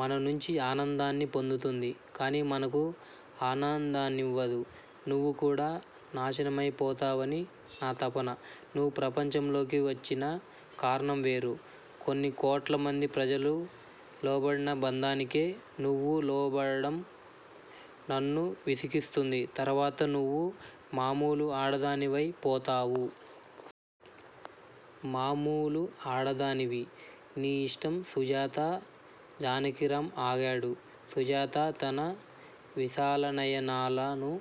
మన నుంచి ఆనందాన్ని పొందుతుంది. కాని మనకు ఆనందాన్నివ్వదు. నువ్వు కూడా నాశనమై పోతావని నా తపన. నువ్వు ప్రపంచంలోకి వచ్చిన కారణం వేరు. కొన్ని కోట్ల మంది ప్రజలు లోబడిన బంధానికే నువ్వూ లోబడటం నన్ను విసిగిస్తుంది. తర్వాత నువ్వు మామూలు ఆడదానివై పోతావు. మామూలు ఆడదానివి. నీ ఇష్టం సుజాతా. జానకిరాం ఆగాడు. సుజాత తన విశాలనయనాలను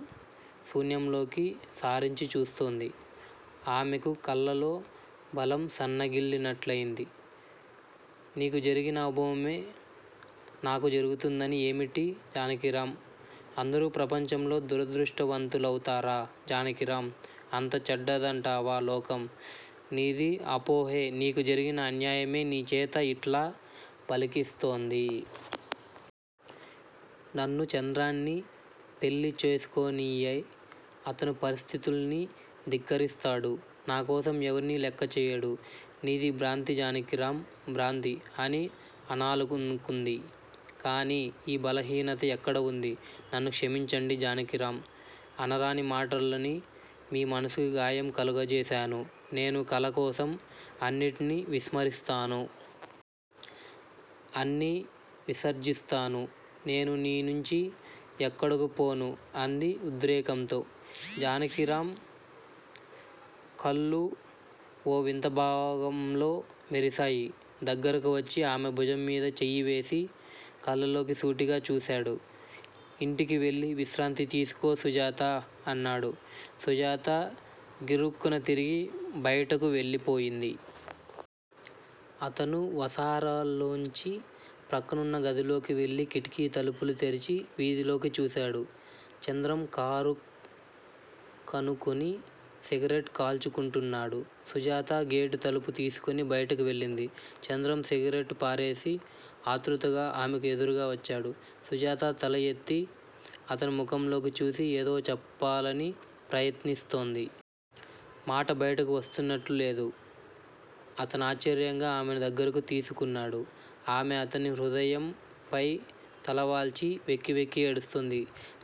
శూన్యంలోకి సారించి చూస్తోంది. ఆమెకు కాళ్ళలో బలం సన్నగిల్లినట్లయింది. 'నీకు జరిగిన అనుభవమే నాకు జరుగుతుందని ఏమిటి జానకిరాం? అందరూ ప్రపంచంలో దురదృష్టవంతులౌతారా జానకిరాం? అంత చెడ్డదంటావా లోకం? నీది అపోహే నీకు జరిగిన అన్యాయమే నీ చేత యిట్లా పలికిస్తోంది. నన్ను చంద్రాన్ని పెళ్ళి చేసుకోనియ్యి. అతను పరిస్థితుల్ని ధిక్కరిస్తాడు. నాకోసం ఎవర్నీ లెక్కచెయ్యడు. నీది భ్రాంతి జానకిరాం భ్రాంతి' అని అనాలనుకుంది. కాని ఈ బలహీనత ఎక్కడ ఉంది? నన్ను క్షమించండి జానకిరాం. అనరాని మాటలని మీ మనసుకి గాయం కలుగజేశాను. నేను కళ కోసం అన్నిటినీ విస్మరిస్తాను. అన్నీ విసర్జిస్తాను. నేను నీ నుంచి ఎక్కడకు పోను అంది ఉద్రేకంతో. జానకిరాం కళ్ళు ఓ వింత భావంతో మెరిశాయి. దగ్గరకు వచ్చి ఆమె భుజంమీద చెయ్యివేసి కళ్ళలోకి సూటిగా చూశాడు. ఇంటికి వెళ్ళి విశ్రాంతి తీసుకో సుజాతా! ' అన్నాడు. సుజాత గిరుక్కున తిరిగి బయటకు వెళ్ళిపోయింది. అతను వసారాలోంచి ప్రక్కనున్న గదిలోకి వెళ్ళి కిటికీ తలుపులు తెరిచి వీధిలోకి చూశాడు. చంద్రం కారుకానుకుని సిగరెట్ కాల్చుకుంటున్నాడు. సుజాత గేటు తలుపు తీసుకుని బయటకు వెళ్ళింది. చంద్రం సిగరెట్ పారేసి ఆతృతగా ఆమెకు ఎదురుగా వచ్చాడు. సుజాత తల ఎత్తి అతని ముఖంలోకి చూసి ఏదో చెప్పాలని ప్రయత్నిస్తోంది. మాట బయటకు వస్తున్నట్లు లేదు. అతనాశ్చర్యంగా ఆమెను దగ్గరకు తీసుకున్నాడు. ఆమె అతని హృదయంపై తలవాల్చి వెక్కి వెక్కి ఏడుస్తోంది.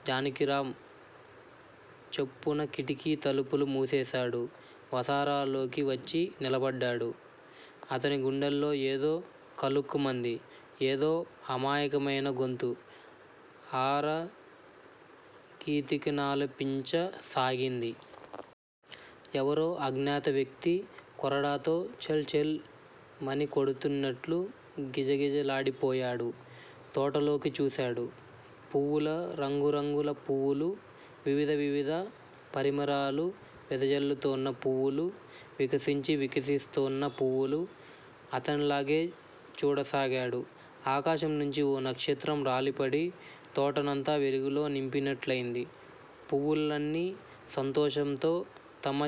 జానకిరాం చప్పున కిటికీ తలుపులు మూసేశాడు. వసారాలోకి వచ్చి నిలబడ్డాడు. అతని గుండెలో ఏదో కలుక్కుమంది. ఏదో అమాయకమైన గొంతు. ఆర గీతికనాలపించ సాగింది. ఎవరో అజ్ఞాత వ్యక్తి కొరడాతో ఛళ్ ఛళ్ మని కొడుతున్నట్లు గిజ గిజలాడిపోయాడు. తోటలోకి చూశాడు. పువ్వులు-రంగురంగుల పువ్వులు. వివిధ వివిధ పరిమళాలు వెదజల్లుతోన్న పువ్వులు, వికసించి వికసిస్తోన్న పువ్వులు. అతనలాగే చూడసాగాడు. ఆకాశంనుంచి ఓ నక్షత్రం రాలిపడి తోటనంతా వెలుగుతో నింపినట్లయింది. పువ్వులన్నీ సంతోషంతో తమ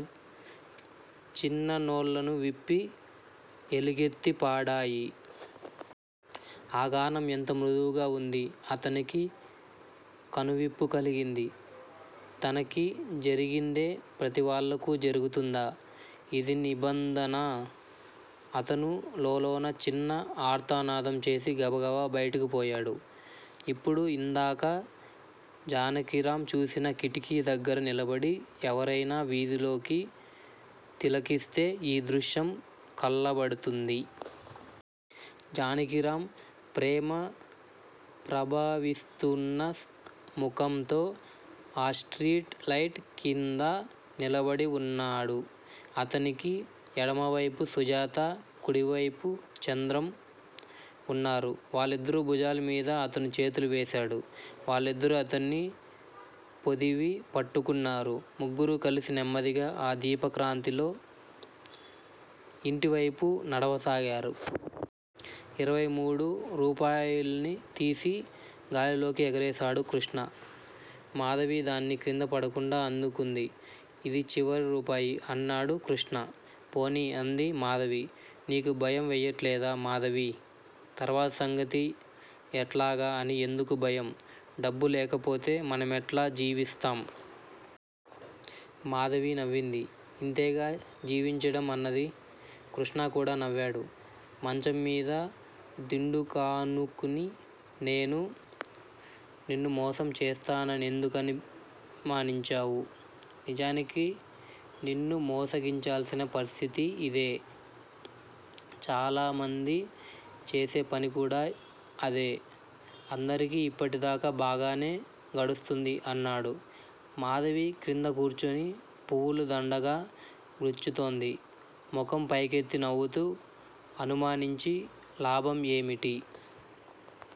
చిన్ననోళ్ళను విప్పి ఎలుగెత్తి పాడాయి. ఆ గానం ఎంత మృదువుగా వుంది? అతనికి కనువిప్పు కలిగింది. తనకి జరిగిందే ప్రతి వాళ్ళకూ జరుగుతుందా? ఇది నిబంధనా? అతను లోలోన చిన్న ఆర్తనాదం చేసి గబగబ బయటకు పోయాడు. ఇప్పుడు యిందాక జానకిరాం చూసిన కిటికీ దగ్గర నిలబడి ఎవరైనా వీధిలోకి తిలకిస్తే ఈ దృశ్యం కళ్ళబడుతుంది. జానకిరాం ప్రేమ ప్రభవిస్తూన్న ముఖంతో ఆ స్ట్రీట్ లైట్ క్రింద నిలబడి వున్నాడు. అతనికి ఎడమవైపు సుజాతా, కుడివైపు చంద్రం వున్నారు. వాళ్ళిద్దరి భుజాల మీదా అతను చేతులు వేశాడు. వాళ్ళిద్దరూ అతన్ని పొదివి పట్టుకున్నారు. ముగ్గురూ కలిసి నెమ్మదిగా ఆ దీప కాంతిలో యింటి వైపు నడవసాగారు. ఇరవై మూడు రూపాయిని తీసి గాలిలోకి ఎగరేశాడు కృష్ణ. మాధవి దానిని క్రింద పడకుండా అందుకుంది. 'ఇది చివరి రూపాయి' అన్నాడు కృష్ణ. పోనీ! అంది మాధవి. నీకు భయం వెయ్యటల్లేదా మాధవీ! తర్వాత సంగతి ఎట్లాగా అని ఎందుకూ భయం? డబ్బు లేకపోతే మనమెట్లా జీవిస్తాం? మాధవి నవ్వింది. ఇంతేగా జీవించడం అన్నది. కృష్ణ కూడా నవ్వాడు. మంచం మీద దిండుకానుకుని 'నేను నిన్ను మోసం చేస్తానని ఎందుకనుమానించావు? నిజానికి నిన్ను మోసగించాల్సిన పరిస్థితి యిదే. చాలామంది చేసే పని కూడా అదే. అందరికీ యిప్పటి దాకా బాగానే గడుస్తుంది' అన్నాడు. మాధవి క్రింద కూర్చుని పువ్వులు దండగా గ్రుచ్చుతోంది. ముఖం పైకెత్తి నవ్వుతూ 'అనుమానించి లాభం ఏమిటి?